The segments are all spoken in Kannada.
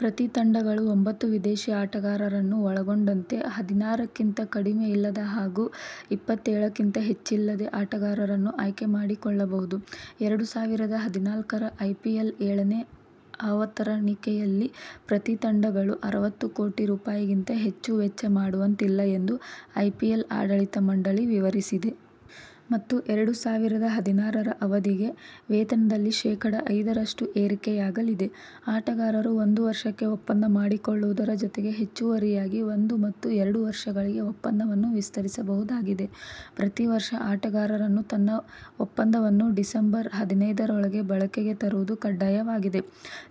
ಪ್ರತಿ ತಂಡಗಳು ಒಂಬತ್ತು ವಿದೇಶೀ ಆಟಗಾರರನ್ನು ಒಳಗೊಂಡಂತೆ ಹದಿನಾರಕ್ಕಿಂತ ಕಡಿಮೆ ಇಲ್ಲದೆ ಹಾಗೂ ಇಪ್ಪತ್ತೇಳಕ್ಕಿಂತ ಹೆಚ್ಚಿಲ್ಲದೆ ಆಟಗಾರರನ್ನು ಆಯ್ಕೆ ಮಾಡಿಕೊಳ್ಳಬಹುದು. ಎರಡು ಸಾವಿರದ ಹದಿನಾಲ್ಕರ ಐಪಿಎಲ್ ಏಳನೇ ಆವತರಣಿಕೆಯಲ್ಲಿ ಪ್ರತಿ ತಂಡಗಳು ಅರವತ್ತು ಕೋಟಿ ರೂಪಾಯಿಗಿಂತ ಹೆಚ್ಚು ವೆಚ್ಚ ಮಾಡುವಂತಿಲ್ಲ ಎಂದು ಐಪಿಎಲ್ ಆಡಳಿತ ಮಂಡಳಿ ವಿವರಿಸಿದೆ. ಮತ್ತು ಎರಡು ಸಾವಿರದ ಹದಿನಾರರ ಅವಧಿಗೆ ವೇತನದಲ್ಲಿ ಶೇಖಡ. ಐದರಷ್ಟು ಏರಕೆಯಾಗಲಿದೆ. ಆಟಗಾರರು ಒಂದು ವರ್ಷಕ್ಕೆ ಒಪ್ಪಂದ ಮಾಡಿಕೊಳ್ಳುವುದರ ಜತೆಗೆ ಹೆಚ್ಚುವರಿಯಾಗಿ ಒಂದು ಮತ್ತು ಎರಡು ವರ್ಷಗಳಿಗೆ ಒಪ್ಪಂದವನ್ನು ವಿಸ್ತರಿಸಬಹುದಾಗಿದೆ. ಪ್ರತಿ ವರ್ಷ ಆಟಗಾರನನ್ನು ತನ್ನ ಒಪ್ಪಂದವನ್ನು ಡಿಸಂಬರ್ ಹದಿನೈದರೊಳಗೆ ಬಳಕೆಗೆ ತರುವುದು ಕಡ್ಡಾಯವಾಗಿದೆ.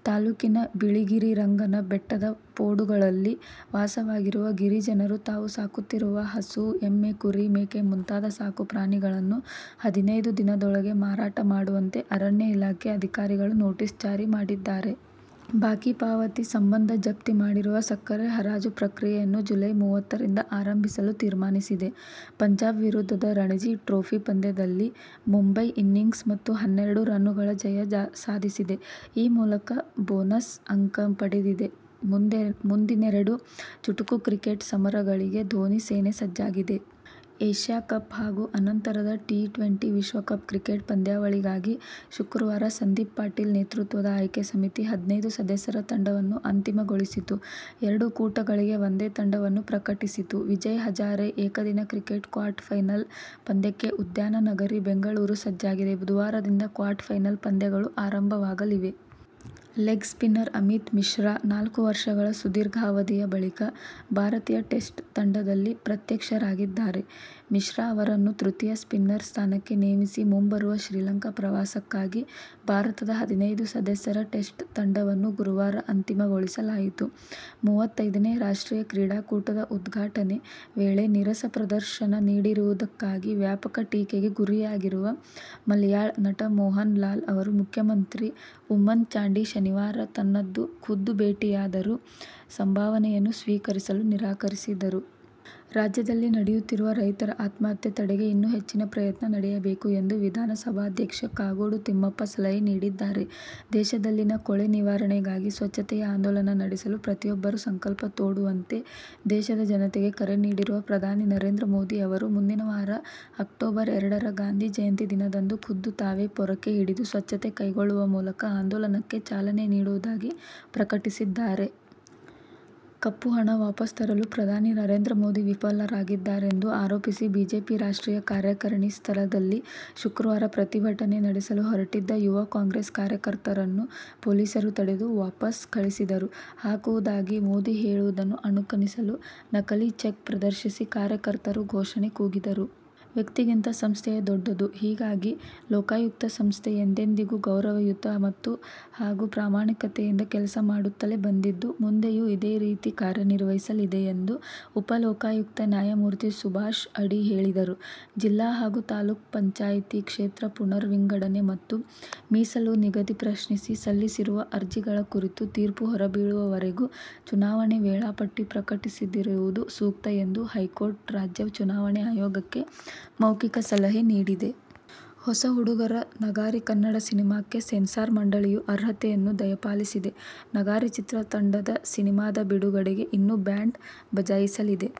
ತಾಲೂಕಿನ ಬಿಳಿಗಿರಿರಂಗನ ಬೆಟ್ಟದ ಪೋಡುಗಳಲ್ಲಿ ವಾಸವಾಗಿರುವ ಗಿರಿಜನರು ತಾವು ಸಾಕುತ್ತಿರುವ ಹಸು, ಎಮ್ಮೆ, ಕುರಿ, ಮೇಕೆ ಮುಂತಾದ ಸಾಕು ಪ್ರಾಣಿಗಳನ್ನು ಹದಿನೈದು ದಿನದೊಳಗೆ ಮಾರಾಟ ಮಾಡುವಂತೆ ಅರಣ್ಯ ಇಲಾಖೆ ಅಧಿಕಾರಿಗಳು ನೋಟಿಸ್ ಜಾರಿ ಮಾಡಿದ್ದಾರೆ. ಬಾಕಿ ಪಾವತಿ ಸಂಬಂಧ ಜಪ್ತಿ ಮಾಡಿರುವ ಸಕ್ಕರೆ ಹರಾಜು ಪ್ರಕ್ರಿಯೆಯನ್ನು ಜುಲೈ ಮೂವತ್ತರಿಂದ ಆರಂಭಿಸಲು ತೀರ್ಮಾನಿಸಿದೆ. ಪಂಜಾಬ್ ವಿರುದ್ಧದ ರಣಜಿ ಟ್ರೋಫಿ ಪಂದ್ಯದಲ್ಲಿ ಮುಂಬಯಿ ಇನ್ನಿಂಗ್ಸ್ ಮತ್ತು ಹನ್ನೆರಡು ರನ್ನುಗಳ ಜಯ ಸಾಧಿಸಿದೆ. ಈ ಮೂಲಕ ಬೋನಸ್ ಅಂಕ ಪಡೆದಿದೆ. ಮುಂದಿನೆರಡು ಚುಟುಕು ಕ್ರಿಕೆಟ್ ಸಮರಗಳಿಗೆ ಧೋನಿ ಸೇನೆ ಸಜ್ಜಾಗಿದೆ. ಏಶ್ಯ ಕಪ್ ಹಾಗೂ ಅನಂತರದ ಟಿ-ಟ್ವೆಂಟಿ ವಿಶ್ವಕಪ್ ಕ್ರಿಕೆಟ್ ಪಂದ್ಯಾವಳಿಗಾಗಿ ಶುಕ್ರವಾರ ಸಂದೀಪ್ ಪಾಟೀಲ್ ನೇತೃತ್ವದ ಆಯ್ಕೆ ಸಮಿತಿ ಹದಿನೈದು ಸದಸ್ಯರ ತಂಡವನ್ನು ಅಂತಿಮಗೊಳಿಸಿತು. ಎರಡೂ ಕೂಟಗಳಿಗೆ ಒಂದೇ ತಂಡವನ್ನು ಪ್ರಕಟಿಸಿತು. ವಿಜಯ್ ಹಜಾರೆ ಏಕದಿನ ಕ್ರಿಕೆಟ್ ಕ್ವಾರ್ಟರ್ಫೈನಲ್ ಪಂದ್ಯಕ್ಕೆ ಉದ್ಯಾನನಗರಿ ಬೆಂಗಳೂರು ಸಜ್ಜಾಗಿದೆ. ಬುಧವಾರದಿಂದ ಕ್ವಾರ್ಟರ್ಫೈನಲ್ ಪಂದ್ಯಗಳು ಆರಂಭವಾಗಲಿವೆ. ಲೆಗ್ ಸ್ಪಿನ್ನರ್ ಅಮಿತ್ ಮಿಶ್ರಾ ನಾಲ್ಕು ವರ್ಷಗಳ ಸುದೀರ್ಘಾವಧಿಯ ಬಳಿಕ ಭಾರತೀಯ ಟೆಸ್ಟ್ ತಂಡದಲ್ಲಿ ಪ್ರತ್ಯಕ್ಷರಾಗಿದ್ದಾರೆ. ಮಿಶ್ರಾ ಅವರನ್ನು ತೃತೀಯ ಸ್ಪಿನ್ನರ್ ಸ್ಥಾನಕ್ಕೆ ನೇಮಿಸಿ ಮುಂಬರುವ ಶ್ರೀಲಂಕಾ ಪ್ರವಾಸಕ್ಕಾಗಿ ಭಾರತದ ಹದಿನೈದು ಸದಸ್ಯರ ಟೆಸ್ಟ್ ತಂಡವನ್ನು ಗುರುವಾರ ಅಂತಿಮಗೊಳಿಸಲಾಯಿತು. ಮೂವತ್ತೈದನೆ ರಾಷ್ಟ್ರೀಯ ಕ್ರೀಡಾಕೂಟದ ಉದ್ಘಾಟನೆ ವೇಳೆ ನೀರಸ ಪ್ರದರ್ಶನ ನೀಡಿರುವುದಕ್ಕಾಗಿ ವ್ಯಾಪಕ ಟೀಕೆಗೆ ಗುರಿಯಾಗಿರುವ ಮಲಯಾಳ ನಟ ಮೋಹನ್ಲಾಲ್ ಅವರು ಮುಖ್ಯಮಂತ್ರಿ ಊಮ್ಮನ್ ಚಾಂಡಿ ಶನಿವಾರ ತನ್ನನ್ನು ಖುದ್ದು ಭೇಟಿಯಾದರೂ ಸಂಭಾವನೆಯನ್ನು ಸ್ವೀಕರಿಸಲು ನಿರಾಕರಿಸಿದರು. ರಾಜ್ಯದಲ್ಲಿ ನಡೆಯುತ್ತಿರುವ ರೈತರ ಆತ್ಮಹತ್ಯೆ ತಡೆಗೆ ಇನ್ನೂ ಹೆಚ್ಚಿನ ಪ್ರಯತ್ನ ನಡೆಯಬೇಕು ಎಂದು ವಿಧಾನಸಭಾಧ್ಯಕ್ಷ ಕಾಗೋಡು ತಿಮ್ಮಪ್ಪ ಸಲಹೆ ನೀಡಿದ್ದಾರೆ. ದೇಶದಲ್ಲಿನ ಕೊಳೆ ನಿವಾರಣೆಗಾಗಿ ಸ್ವಚ್ಛತೆಯ ಆಂದೋಲನ ನಡೆಸಲು ಪ್ರತಿಯೊಬ್ಬರೂ ಸಂಕಲ್ಪ ತೊಡುವಂತೆ ದೇಶದ ಜನತೆಗೆ ಕರೆ ನೀಡಿರುವ ಪ್ರಧಾನಿ ನರೇಂದ್ರ ಮೋದಿ ಅವರು, ಮುಂದಿನವಾರ ಅಕ್ಟೋಬರ್ ಎರಡರ ಗಾಂಧಿ ಜಯಂತಿ ದಿನದಂದು ಖುದ್ದು ತಾವೇ ಪೊರಕೆ ಹಿಡಿದು ಸ್ವಚ್ಛತೆ ಕೈಗೊಳ್ಳುವ ಮೂಲಕ ಆಂದೋಲನಕ್ಕೆ ಚಾಲನೆ ನೀಡುವುದಾಗಿ ಪ್ರಕಟಿಸಿದ್ದಾರೆ. ಕಪ್ಪು ಹಣ ವಾಪಸ್ ತರಲು ಪ್ರಧಾನಿ ನರೇಂದ್ರ ಮೋದಿ ವಿಫಲರಾಗಿದ್ದಾರೆಂದು ಆರೋಪಿಸಿ ಬಿಜೆಪಿ ರಾಷ್ಟ್ರೀಯ ಕಾರ್ಯಕಾರಿಣಿ ಸ್ಥಳದಲ್ಲಿ ಶುಕ್ರವಾರ ಪ್ರತಿಭಟನೆ ನಡೆಸಲು ಹೊರಟಿದ್ದ ಯುವ ಕಾಂಗ್ರೆಸ್ ಕಾರ್ಯಕರ್ತರನ್ನು ಪೊಲೀಸರು ತಡೆದು ವಾಪಸ್ ಕಳಿಸಿದರು. ಹಾಕುವುದಾಗಿ ಮೋದಿ ಹೇಳಿದ್ದನ್ನು ಅಣಕಿಸಲು ನಕಲಿ ಚೆಕ್ ಪ್ರದರ್ಶಿಸಿ ಕಾರ್ಯಕರ್ತರು ಘೋಷಣೆ ಕೂಗಿದರು. ವ್ಯಕ್ತಿಗಿಂತ ಸಂಸ್ಥೆಯೇ ದೊಡ್ಡದು. ಹೀಗಾಗಿ ಲೋಕಾಯುಕ್ತ ಸಂಸ್ಥೆ ಎಂದೆಂದಿಗೂ ಗೌರವಯುತ ಹಾಗೂ ಪ್ರಾಮಾಣಿಕತೆಯಿಂದ ಕೆಲಸ ಮಾಡುತ್ತಲೇ ಬಂದಿದ್ದು, ಮುಂದೆಯೂ ಇದೇ ರೀತಿ ಕಾರ್ಯ ನಿರ್ವಹಿಸಲಿದೆ ಎಂದು ಉಪ ಲೋಕಾಯುಕ್ತ ನ್ಯಾಯಮೂರ್ತಿ ಸುಭಾಷ್ ಅಡಿ ಹೇಳಿದರು. ಜಿಲ್ಲಾ ಹಾಗೂ ತಾಲೂಕು ಪಂಚಾಯ್ತಿ ಕ್ಷೇತ್ರ ಪುನರ್ವಿಂಗಡಣೆ ಮತ್ತು ಮೀಸಲು ನಿಗದಿ ಪ್ರಶ್ನಿಸಿ ಸಲ್ಲಿಸಿರುವ ಅರ್ಜಿಗಳ ಕುರಿತು ತೀರ್ಪು ಹೊರಬೀಳುವವರೆಗೂ ಚುನಾವಣಾ ವೇಳಾಪಟ್ಟಿ ಪ್ರಕಟಿಸದಿರುವುದು ಸೂಕ್ತ ಎಂದು ಹೈಕೋರ್ಟ್ ರಾಜ್ಯ ಚುನಾವಣಾ ಆಯೋಗಕ್ಕೆ ಮೌಖೀಕ ಸಲಹೆ ನೀಡಿದೆ. ಹೊಸ ಹುಡುಗರ "ನಗಾರಿ' ಕನ್ನಡ ಸಿನಿಮಾಕ್ಕೆ ಸೆನ್ಸಾರ್ ಮಂಡಳಿಯು ಅರ್ಹತೆಯನ್ನು ದಯಪಾಲಿಸಿದೆ. "ನಗಾರಿ' ಚಿತ್ರ ತಂಡ ಸಿನಿಮಾದ ಬಿಡುಗಡೆಗೆ ಇನ್ನೂ ಬ್ಯಾಂಡ್ ಬಜಾಯಿಸಲಿದೆ.